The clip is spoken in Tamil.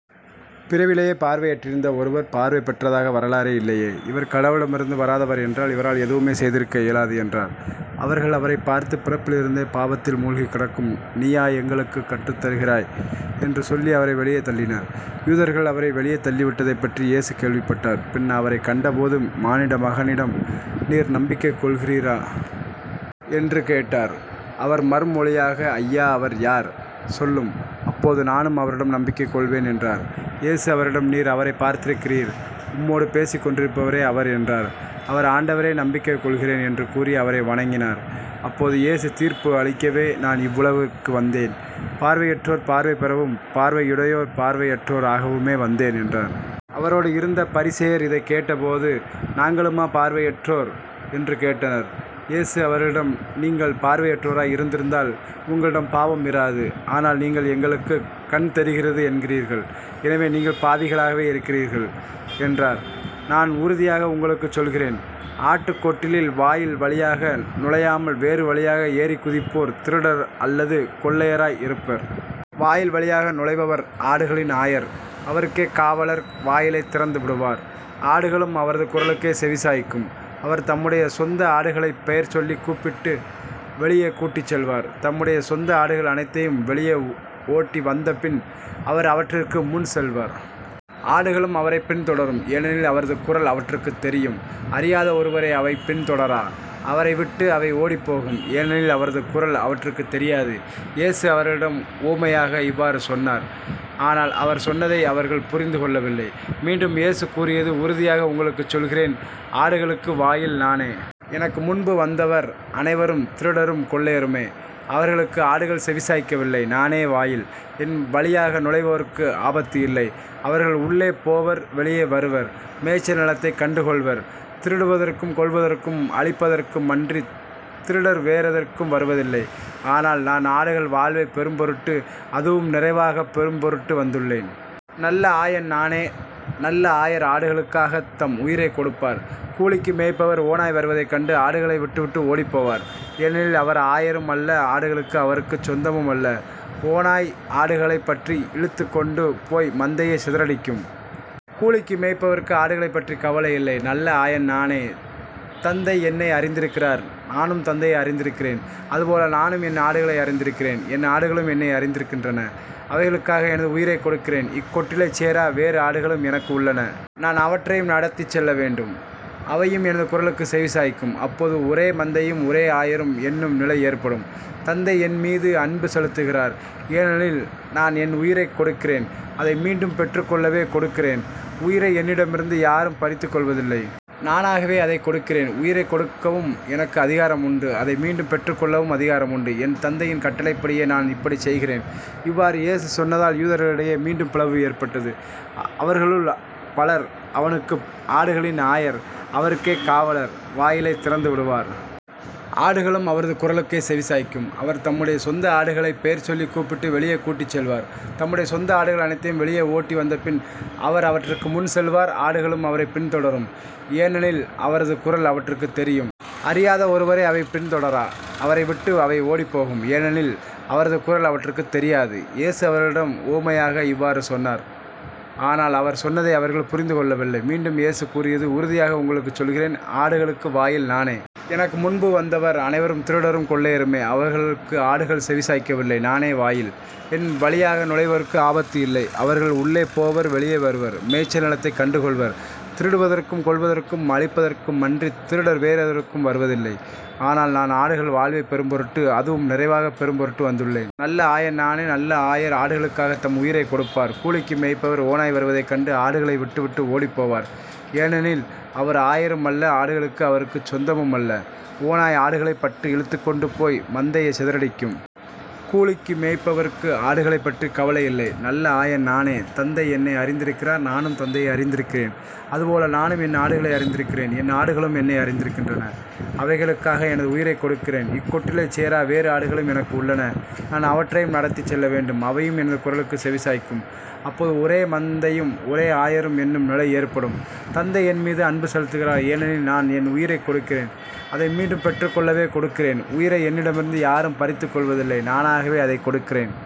பிறவிலேயே பார்வையற்றிருந்த ஒருவர் பார்வை பெற்றதாக வரலாறே இல்லையே. இவர் கடவுளிடமிருந்து வராதவர் என்றால் இவரால் எதுவுமே செய்திருக்க இயலாது என்றார். அவர்கள் அவரைப் பார்த்து பிறப்பிலிருந்தே பாவத்தில் மூழ்கிக் கிடக்கும் நீயா எங்களுக்குக் கற்றுத் தருகிறாய்? என்று சொல்லி அவரை வெளியே தள்ளினர். யூதர்கள் அவரை வெளியே தள்ளிவிட்டதைப்பற்றி இயேசு கேள்விப்பட்டார் பின் அவரைக் கண்டபோது மானிடமகனிடம் நீர் நம்பிக்கை கொள்கிறீரா? என்று கேட்டார். அவர் மறுமொழியாக ஐயா அவர் யார்? சொல்லும். அப்போது நானும் அவரிடம் நம்பிக்கை கொள்வேன் என்றார். இயேசு அவரிடம் நீர் அவரைப் பார்த்திருக்கிறீர். உம்மோடு பேசிக்கொண்டிருப்பவரே அவர் என்றார். அவர் ஆண்டவரே நம்பிக்கைகொள்கிறேன் என்று கூறி அவரை வணங்கினார். அப்போது இயேசு தீர்ப்பு அளிக்கவே நான் இவ்வுலகிற்கு வந்தேன் பார்வையற்றோர் பார்வை பெறவும் பார்வையுடையோர் பார்வையற்றோர் ஆகவுமே வந்தேன் என்றார். அவரோடு இருந்த பரிசேயர் இதைக் கேட்டபோது நாங்களுமா பார்வையற்றோர்? என்று கேட்டார். இயேசு அவர்களிடம் நீங்கள் பார்வையற்றோராய் இருந்திருந்தால் உங்களிடம் பாவம் இராது. ஆனால் நீங்கள் எங்களுக்குக் கண் தெரிகிறது என்கிறீர்கள். எனவே நீங்கள் பாவிகளாகவே இருக்கிறீர்கள் என்றார். நான் உறுதியாக உங்களுக்குச் சொல்கிறேன் ஆட்டுக் கொட்டிலில் வாயில் வழியாக நுழையாமல் வேறு வழியாக ஏறிக் குதிப்போர் திருடர் அல்லது கொள்ளையராய் இருப்பர். வாயில் வழியாக நுழைபவர் ஆடுகளின் ஆயர். அவருக்கே காவலர் வாயிலைத் திறந்துவிடுவார். ஆடுகளும் அவரது குரலுக்கே செவிசாய்க்கும். அவர் தம்முடைய சொந்த ஆடுகளைப் பெயர் சொல்லிக் கூப்பிட்டு வெளியே கூட்டிச் செல்வார். தம்முடைய சொந்த ஆடுகள் அனைத்தையும் வெளியே ஓட்டி வந்தபின் அவர் அவற்றிற்கு முன் செல்வார். ஆடுகளும் அவரைப் பின்தொடரும். ஏனெனில் அவரது குரல் அவற்றுக்குத் தெரியும். அறியாத ஒருவரை அவை பின்தொடரா. அவரை விட்டு அவை ஓடிப்போகும். ஏனெனில் அவரது குரல் அவற்றுக்குத் தெரியாது. இயேசு அவர்களிடம் உவமையாக இவ்வாறு சொன்னார். ஆனால் அவர் சொன்னதை அவர்கள் புரிந்து கொள்ளவில்லை. மீண்டும் இயேசு கூறியது உறுதியாக உங்களுக்குச் சொல்கிறேன் ஆடுகளுக்கு வாயில் நானே. எனக்கு முன்பு வந்தவர் அனைவரும் திருடரும் கொள்ளையருமே. அவர்களுக்கு ஆடுகள் செவிசாய்க்கவில்லை. நானே வாயில். என் வழியாக நுழைவோருக்கு ஆபத்து இல்லை. அவர்கள் உள்ளே போவர் வெளியே வருவர் மேய்ச்சல் நிலத்தைக் கண்டுகொள்வர். திருடுவதற்கும் கொல்வதற்கும் அழிப்பதற்குமன்றித் திருடர் வேறெதற்கும் வருவதில்லை. ஆனால் நான் ஆடுகள் வாழ்வைப் பெறும்பொருட்டு அதுவும் நிறைவாகப் பெறும் பொருட்டு வந்துள்ளேன். நல்ல ஆயன் நானே. நல்ல ஆயர் ஆடுகளுக்காகத் தம் உயிரைக் கொடுப்பார். "கூலிக்கு மேய்ப்பவர் ஓநாய் வருவதைக் கண்டு ஆடுகளை விட்டு விட்டு ஓடிப்போவார். ஏனெனில் அவர் ஆயரும் அல்ல ஆடுகள் அவருக்குச் சொந்தமும் அல்ல ஓநாய் ஆடுகளைப் பற்றிப் இழுத்துக்கொண்டு போய் மந்தையைச் சிதறடிக்கும். கூலிக்கு மேய்ப்பவருக்கு ஆடுகளைப்பற்றி கவலை இல்லை. நல்ல ஆயன் நானே. தந்தை என்னை அறிந்திருக்கிறார் நானும் தந்தையை அறிந்திருக்கிறேன். அதுபோல நானும் என் ஆடுகளை அறிந்திருக்கிறேன் என் ஆடுகளும் என்னை அறிந்திருக்கின்றன. அவைகளுக்காக எனது உயிரைக் கொடுக்கிறேன். இக்கொட்டிலைச் சேரா வேறு ஆடுகளும் எனக்கு உள்ளன. நான் அவற்றையும் நடத்திச் செல்லவேண்டும். அவையும் எனது குரலுக்குச் செவி சாய்க்கும். அப்போது ஒரே மந்தையும் ஒரே ஆயரும் என்னும் நிலை ஏற்படும். தந்தை என்மீது அன்பு செலுத்துகிறார். ஏனெனில் நான் என் உயிரைக் கொடுக்கிறேன் அதை மீண்டும் பெற்றுக்கொள்ளவே கொடுக்கிறேன். உயிரை என்னிடமிருந்து யாரும் பறித்துக் கொள்வதில்லை. நானாகவே அதைக் கொடுக்கிறேன். உயிரைக் கொடுக்கவும் எனக்கு அதிகாரம் உண்டு அதை மீண்டும் பெற்றுக் கொள்ளவும் அதிகாரம் உண்டு. என் தந்தையின் கட்டளைப்படியே நான் இப்படிச் செய்கிறேன். இவ்வாறு இயேசு சொன்னதால் யூதர்களிடையே மீண்டும் பிளவு ஏற்பட்டது. அவர்களுள் பலர் அவனுக்குப் ஆடுகளின் ஆயர். அவருக்கே காவலர் வாயிலைத் திறந்துவிடுவார். ஆடுகளும் அவரது குரலுக்கே செவிசாய்க்கும். அவர் தம்முடைய சொந்த ஆடுகளைப் பெயர் சொல்லிக் கூப்பிட்டு வெளியே கூட்டிச் செல்வார். தம்முடைய சொந்த ஆடுகள் அனைத்தையும் வெளியே ஓட்டி வந்தபின் அவர் அவற்றிற்கு முன் செல்வார். ஆடுகளும் அவரைப் பின்தொடரும். ஏனெனில் அவரது குரல் அவற்றுக்குத் தெரியும். அறியாத ஒருவரை அவை பின்தொடரா. அவரை விட்டு அவை ஓடிப்போகும். ஏனெனில் அவரது குரல் அவற்றுக்குத் தெரியாது. இயேசு அவர்களிடம் உவமையாக இவ்வாறு சொன்னார். ஆனால் அவர் சொன்னதை அவர்கள் புரிந்து கொள்ளவில்லை. மீண்டும் இயேசு கூறியது உறுதியாக உங்களுக்குச் சொல்கிறேன் ஆடுகளுக்கு வாயில் நானே. எனக்கு முன்பு வந்தவர் அனைவரும் திருடரும் கொள்ளையருமே. அவர்களுக்கு ஆடுகள் செவிசாய்க்கவில்லை. நானே வாயில். என் வழியாக நுழைவோருக்கு ஆபத்து இல்லை. அவர்கள் உள்ளே போவர் வெளியே வருவர் மேய்ச்சல் நிலத்தைக் கண்டுகொள்வர். திருடுவதற்கும் கொல்வதற்கும் அழிப்பதற்குமன்றித் திருடர் வேறெதற்கும் வருவதில்லை. ஆனால் நான் ஆடுகள் வாழ்வைப் பெறும்பொருட்டு அதுவும் நிறைவாகப் பெறும் பொருட்டு வந்துள்ளேன். நல்ல ஆயன் நானே. நல்ல ஆயர் ஆடுகளுக்காகத் தம் உயிரைக் கொடுப்பார். "கூலிக்கு மேய்ப்பவர் ஓநாய் வருவதைக் கண்டு ஆடுகளை விட்டு விட்டு ஓடிப்போவார். ஏனெனில் அவர் ஆயரும் அல்ல ஆடுகள் அவருக்குச் சொந்தமும் அல்ல ஓநாய் ஆடுகளைப் பற்றிப் இழுத்துக்கொண்டு போய் மந்தையைச் சிதறடிக்கும். கூலிக்கு மேய்ப்பவருக்கு ஆடுகளைப்பற்றி கவலை இல்லை. நல்ல ஆயன் நானே. தந்தை என்னை அறிந்திருக்கிறார் நானும் தந்தையை அறிந்திருக்கிறேன். அதுபோல நானும் என் ஆடுகளை அறிந்திருக்கிறேன் என் ஆடுகளும் என்னை அறிந்திருக்கின்றன. அவைகளுக்காக எனது உயிரைக் கொடுக்கிறேன். இக்கொட்டிலைச் சேரா வேறு ஆடுகளும் எனக்கு உள்ளன. நான் அவற்றையும் நடத்திச் செல்லவேண்டும். அவையும் எனது குரலுக்குச் செவி சாய்க்கும். அப்போது ஒரே மந்தையும் ஒரே ஆயரும் என்னும் நிலை ஏற்படும். தந்தை என்மீது அன்பு செலுத்துகிறார். ஏனெனில் நான் என் உயிரைக் கொடுக்கிறேன் அதை மீண்டும் பெற்றுக்கொள்ளவே கொடுக்கிறேன். உயிரை என்னிடமிருந்து யாரும் பறித்துக் கொள்வதில்லை. நானாகவே அதைக் கொடுக்கிறேன்.